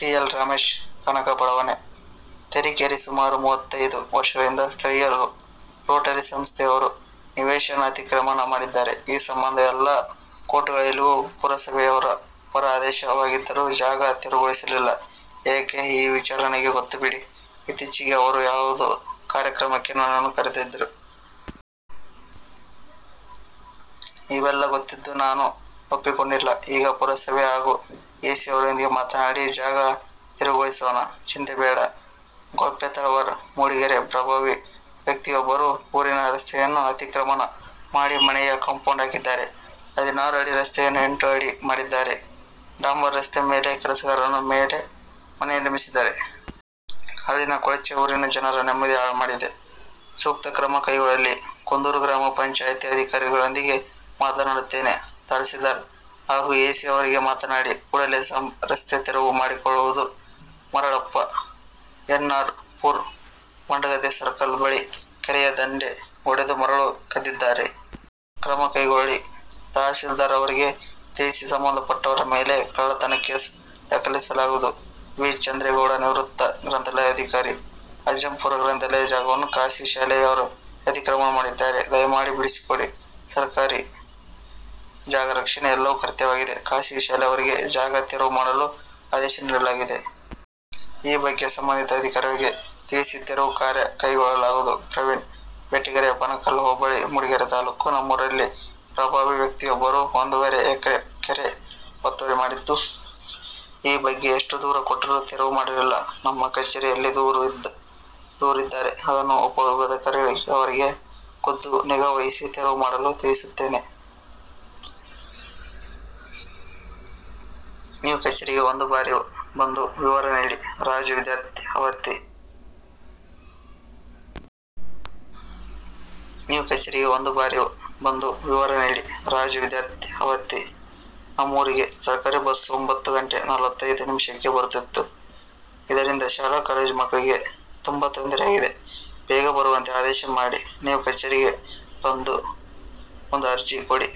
T. L. Ramesh, Kanaka ಬಡಾವಣೆ, ತರೀಕೆರೆ ಸುಮಾರು ಮೂವತ್ತೈದು ವರ್ಷಗಳಿಂದ ಸ್ಥಳೀಯ ರೋಟರಿ ಸಂಸ್ಥೆಯವರು ನಿವೇಶನ ಅತಿಕ್ರಮಣ ಮಾಡಿದ್ದಾರೆ. ಈ ಸಂಬಂಧ ಎಲ್ಲ ಕೋರ್ಟುಗಳಲ್ಲಿಯೂ ಪುರಸಭೆಯವರ ಪರ ಆದೇಶ ಆಗಿದ್ದರೂ ಜಾಗ ತೆರವುಗೊಳಿಸಿಲ್ಲ ಏಕೆ? ಈ ವಿಚಾರ ನನಗೆ ಗೊತ್ತು ಬಿಡಿ, ಇತ್ತೀಚೆಗೆ ಅವರು ಯಾವುದೋ ಕಾರ್ಯಕ್ರಮಕ್ಕೆ ನನ್ನನ್ನು ಕರೆದಿದ್ದರು. ಇವೆಲ್ಲಾ ಗೊತ್ತಿದ್ದು ನಾನು ಒಪ್ಪಿಕೊಂಡಿಲ್ಲ. ಈಗ ಪುರಸಭೆ ಹಾಗೂ ಎಸಿ ಅವರೊಂದಿಗೆ ಮಾತನಾಡಿ, ಜಾಗ ತೆರವುಗೊಳಿಸೋಣ. ಚಿಂತೆ ಬೇಡ. ಗೌಪ್ಯ, ತಳವಾರ, ಮೂಡಿಗೆರೆ ಪ್ರಭಾವಿ ವ್ಯಕ್ತಿಯೊಬ್ಬರು ಊರಿನ ರಸ್ತೆಯನ್ನು ಅತಿಕ್ರಮಣ ಮಾಡಿ ಮನೆಯ ಕಾಂಪೌಂಡ್ ಹಾಕಿದ್ದಾರೆ. ಹದಿನಾರು ಅಡಿ ರಸ್ತೆಯನ್ನು ಎಂಟು ಅಡಿ ಮಾಡಿದ್ದಾರೆ. ಡಾಂಬರು ರಸ್ತೆ ಮೇಲೆ ಕೆಲಸಗಾರರ ಮನೆ ನಿರ್ಮಿಸಿದ್ದಾರೆ. ಅಲ್ಲಿನ ಕೊಳಚೆ ಊರಿನ ಜನರ ನೆಮ್ಮದಿ ಹಾಳು ಮಾಡಿದೆ, ಸೂಕ್ತ ಕ್ರಮ ಕೈಗೊಳ್ಳಿ. ಕುಂದೂರು ಗ್ರಾಮ ಪಂಚಾಯಿತಿ ಅಧಿಕಾರಿಗಳೊಂದಿಗೆ ಮಾತನಾಡುತ್ತೇನೆ. ತಹಸೀಲ್ದಾರ್ ಹಾಗೂ ಎಸಿ ಅವರಿಗೆ ಮಾತನಾಡಿ ಕೂಡಲೇ ರಸ್ತೆ ತೆರವು ಮಾಡಿಕೊಡಲಾಗುವುದು. Maralappa, N. R. Pura Mandagadde circle ಬಳಿ ಕೆರೆಯ ದಂಡೆ ಒಡೆದು ಮರಳು ಕದ್ದಿದ್ದಾರೆ. ಕ್ರಮ ಕೈಗೊಳ್ಳಿ. ತಹಸೀಲ್ದಾರ್ ಅವರಿಗೆ ತಿಳಿಸಿ ಸಂಬಂಧಪಟ್ಟವರ ಮೇಲೆ ಕಳ್ಳತನ ಕೇಸು ದಾಖಲಿಸಲಾಗುವುದು. ಬಿ. ಚಂದ್ರೇಗೌಡ, ನಿವೃತ್ತ ಗ್ರಂಥಾಲಯಾಧಿಕಾರಿ, ಅಜ್ಜಂಪುರ ಗ್ರಂಥಾಲಯ ಜಾಗವನ್ನು ಖಾಸಗಿ ಶಾಲೆಯವರು ಅತಿಕ್ರಮಣ ಮಾಡಿದ್ದಾರೆ. ದಯಮಾಡಿ ಬಿಡಿಸಿಕೊಡಿ. ಸರಕಾರಿ ಜಾಗ ರಕ್ಷಣೆ ಎಲ್ಲರ ಕರ್ತವ್ಯವಾಗಿದೆ. ಖಾಸಗಿ ಶಾಲೆಯವರಿಗೆ ಜಾಗ ತೆರವು ಮಾಡಲು ಆದೇಶ ನೀಡಲಾಗಿದೆ. ಈ ಬಗ್ಗೆ ಸಂಬಂಧಿತ ಅಧಿಕಾರಿಗಳಿಗೆ ತಿಳಿಸಿ ತೆರವು ಕಾರ್ಯ ಕೈಗೊಳ್ಳಲಾಗುವುದು. ಪ್ರವೀಣ ಬೆಟ್ಟಗೆರೆ, ಬಣಕಲ್ ಹೋಬಳಿ, ಮೂಡಿಗೆರೆ ತಾಲ್ಲೂಕು. ನಮ್ಮೂರಲ್ಲಿ ಪ್ರಭಾವಿ ವ್ಯಕ್ತಿಯೊಬ್ಬರು ಒಂದೂವರೆ ಎಕರೆ ಕೆರೆ ಒತ್ತುವರಿ ಮಾಡಿದ್ದು, ಈ ಬಗ್ಗೆ ಎಷ್ಟು ದೂರು ಕೊಟ್ಟರೂ ತೆರವು ಮಾಡಿಲ್ಲ. ನಮ್ಮ ಕಚೇರಿಯಲ್ಲಿ ದೂರು ಇದ್ದರೆ, ಅದನ್ನು ಉಪವಿಭಾಗಾಧಿಕಾರಿಯವರಿಗೆ ಖುದ್ದು ನಿಗಾವಹಿಸಿ ತೆರವು ಮಾಡಲು ತಿಳಿಸುತ್ತೇನೆ. ನೀವು ಕಚೇರಿಗೆ ಒಂದು ಬಾರಿ ಬಂದು ವಿವರ ನೀಡಿ. ರಾಜು, ವಿದ್ಯಾರ್ಥಿ, ಆವತಿ ನಮ್ಮೂರಿಗೆ ಸರಕಾರಿ ಬಸ್ ಒಂಬತ್ತು ಗಂಟೆ ನಲವತ್ತೈದು ನಿಮಿಷಕ್ಕೆ ಬರುತ್ತಿದ್ದು, ಇದರಿಂದ ಶಾಲಾ ಕಾಲೇಜು ಮಕ್ಕಳಿಗೆ ತುಂಬಾ ತೊದರೆಯಾಗಿದೆ. ಬೇಗ ಬರುವಂತೆ ಆದೇಶ ಮಾಡಿ. ನೀವು ಕಚೇರಿಗೆ ಬಂದು ಒಂದು ಅರ್ಜಿ ಕೊಡಿ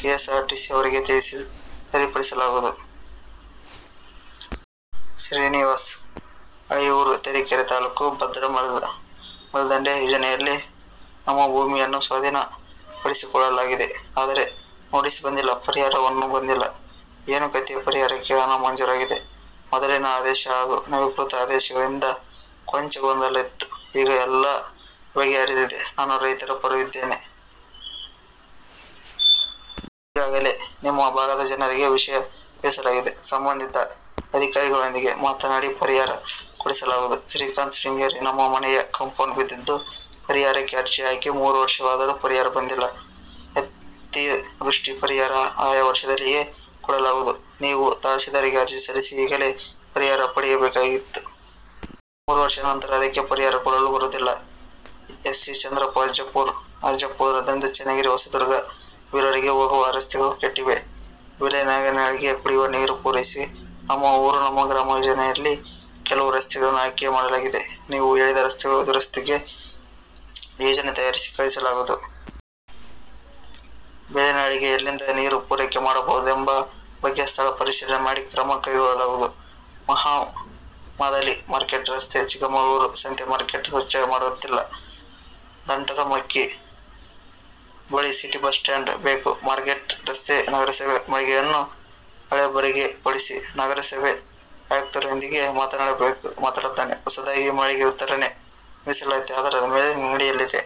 ಕೆಎಸ್ಸಾರ್ಟಿಸಿಯವರಿಗೆ ತಿಳಿಸಿ ಸರಿಪಡಿಸಲಾಗುವುದು. ಶ್ರೀನಿವಾಸ್, ಹಳಿಯೂರು, ತರೀಕೆರೆ ತಾಲೂಕು ಭದ್ರಾ ಮೇಲ್ದಂಡೆ ಯೋಜನೆಯಲ್ಲಿ ನಮ್ಮ ಭೂಮಿಯನ್ನು ಸ್ವಾಧೀನ ಪಡಿಸಿಕೊಳ್ಳಲಾಗಿದೆ. ಆದರೆ ನೋಟಿಸ್ ಬಂದಿಲ್ಲ ಪರಿಹಾರನೂ ಬಂದಿಲ್ಲ, ಏನು ಕತೆ ಪರಿಹಾರಕ್ಕೆ ಹಣ ಮಂಜೂರಾಗಿದೆ. ಮೊದಲಿನ ಆದೇಶ ಹಾಗೂ ನವೀಕೃತ ಆದೇಶಗಳಿಂದ ಕೊಂಚ ಗೊಂದಲ ಇತ್ತು. ಈಗ ಎಲ್ಲ ಬಗೆಹರಿದಿದೆ. ನಾನು ರೈತರ ಪರವಿದ್ದೇನೆ. ಈಗಾಗಲೇ ನಿಮ್ಮ ಭಾಗದ ಜನರಿಗೆ ವಿಷಯ ತಿಳಿಸಲಾಗಿದೆ. ಸಂಬಂಧಿತ ಅಧಿಕಾರಿಗಳೊಂದಿಗೆ ಮಾತನಾಡಿ ಪರಿಹಾರ ಕೊಡಿಸಲಾಗುವುದು. ಶ್ರೀಕಾಂತ್, ಶೃಂಗೇರಿ ನಮ್ಮ ಮನೆಯ ಕಾಂಪೌಂಡ್ ಬಿದ್ದಿದ್ದು, ಪರಿಹಾರಕ್ಕೆ ಅರ್ಜಿ ಹಾಕಿ ಮೂರು ವರ್ಷವಾದರೂ ಪರಿಹಾರ ಬಂದಿಲ್ಲ. ಅತಿವೃಷ್ಟಿ ಪರಿಹಾರ ಆಯಾ ವರ್ಷದಲ್ಲಿಯೇ ಕೊಡಲಾಗುವುದು. ನೀವು ತಹಸೀಲ್ದಾರ್ಗೆ ಅರ್ಜಿ ಸಲ್ಲಿಸಿ ಆಗಲೇ ಪರಿಹಾರ ಪಡೆಯಬೇಕಿತ್ತು. ಮೂರು ವರ್ಷ ನಂತರ ಅದಕ್ಕೆ ಪರಿಹಾರ ಕೊಡಲು ಬರುವುದಿಲ್ಲ. ಎ. ಸಿ. ಚಂದ್ರಪ್ಪ, ಅಜ್ಜಂಪುರ ಅಜ್ಜಂಪುರದಿಂದ ಚನ್ನಗಿರಿ, ಹೊಸದುರ್ಗ, ಬೀರೂರಿಗೆ ಹೋಗುವ ರಸ್ತೆಗಳು ಕೆಟ್ಟಿವೆ, ಬೇಲೇನಹಳ್ಳಿಗೆ ಕುಡಿಯುವ ನೀರು ಪೂರೈಸಿ. ನಮ್ಮ ಊರು, ನಮ್ಮ ಗ್ರಾಮ ಯೋಜನೆಯಲ್ಲಿ ಕೆಲವು ರಸ್ತೆಗಳನ್ನು ಆಯ್ಕೆ ಮಾಡಲಾಗಿದೆ. ನೀವು ಹೇಳಿದ ರಸ್ತೆಗಳ ದುರಸ್ತಿಗೆ ಯೋಜನೆ ತಯಾರಿಸಿ ಕಳಿಸಲಾಗುವುದು. ಬೇಲೇನಹಳ್ಳಿಗೆ ಎಲ್ಲಿಂದ ನೀರು ಪೂರೈಕೆ ಮಾಡಬಹುದೆಂಬ ಬಗ್ಗೆ ಸ್ಥಳ ಪರಿಶೀಲನೆ ಮಾಡಿ ಕ್ರಮ ಕೈಗೊಳ್ಳಲಾಗುವುದು. ಮಹಮದಾಲಿ, ಮಾರ್ಕೆಟ್ ರಸ್ತೆ, ಚಿಕ್ಕಮಗಳೂರು. ಸಂತೆ ಮಾರ್ಕೆಟ್ ಸ್ವಚ್ಛ ಮಾಡುತ್ತಿಲ್ಲ, ದಂಟರಮಕ್ಕಿ ಬಳಿ ಸಿಟಿ ಬಸ್ ಸ್ಟಾಪ್ ಬೇಕು, ಮಾರ್ಕೆಟ್ ರಸ್ತೆ ನಗರಸಭೆ ಮಳಿಗೆಯನ್ನು ಹಳಬರಿಗೇ ಕೊಡಿಸಿ. ನಗರಸಭೆ ಆಯುಕ್ತರೊಂದಿಗೆ ಮಾತನಾಡುತ್ತೇನೆ. ಹೊಸದಾಗಿ ಮಳಿಗೆ ವಿತರಣೆ ಮೀಸಲಾತಿ ಆಧಾರದ ಮೇಲೆ ನಡೆಯಲಿದೆ.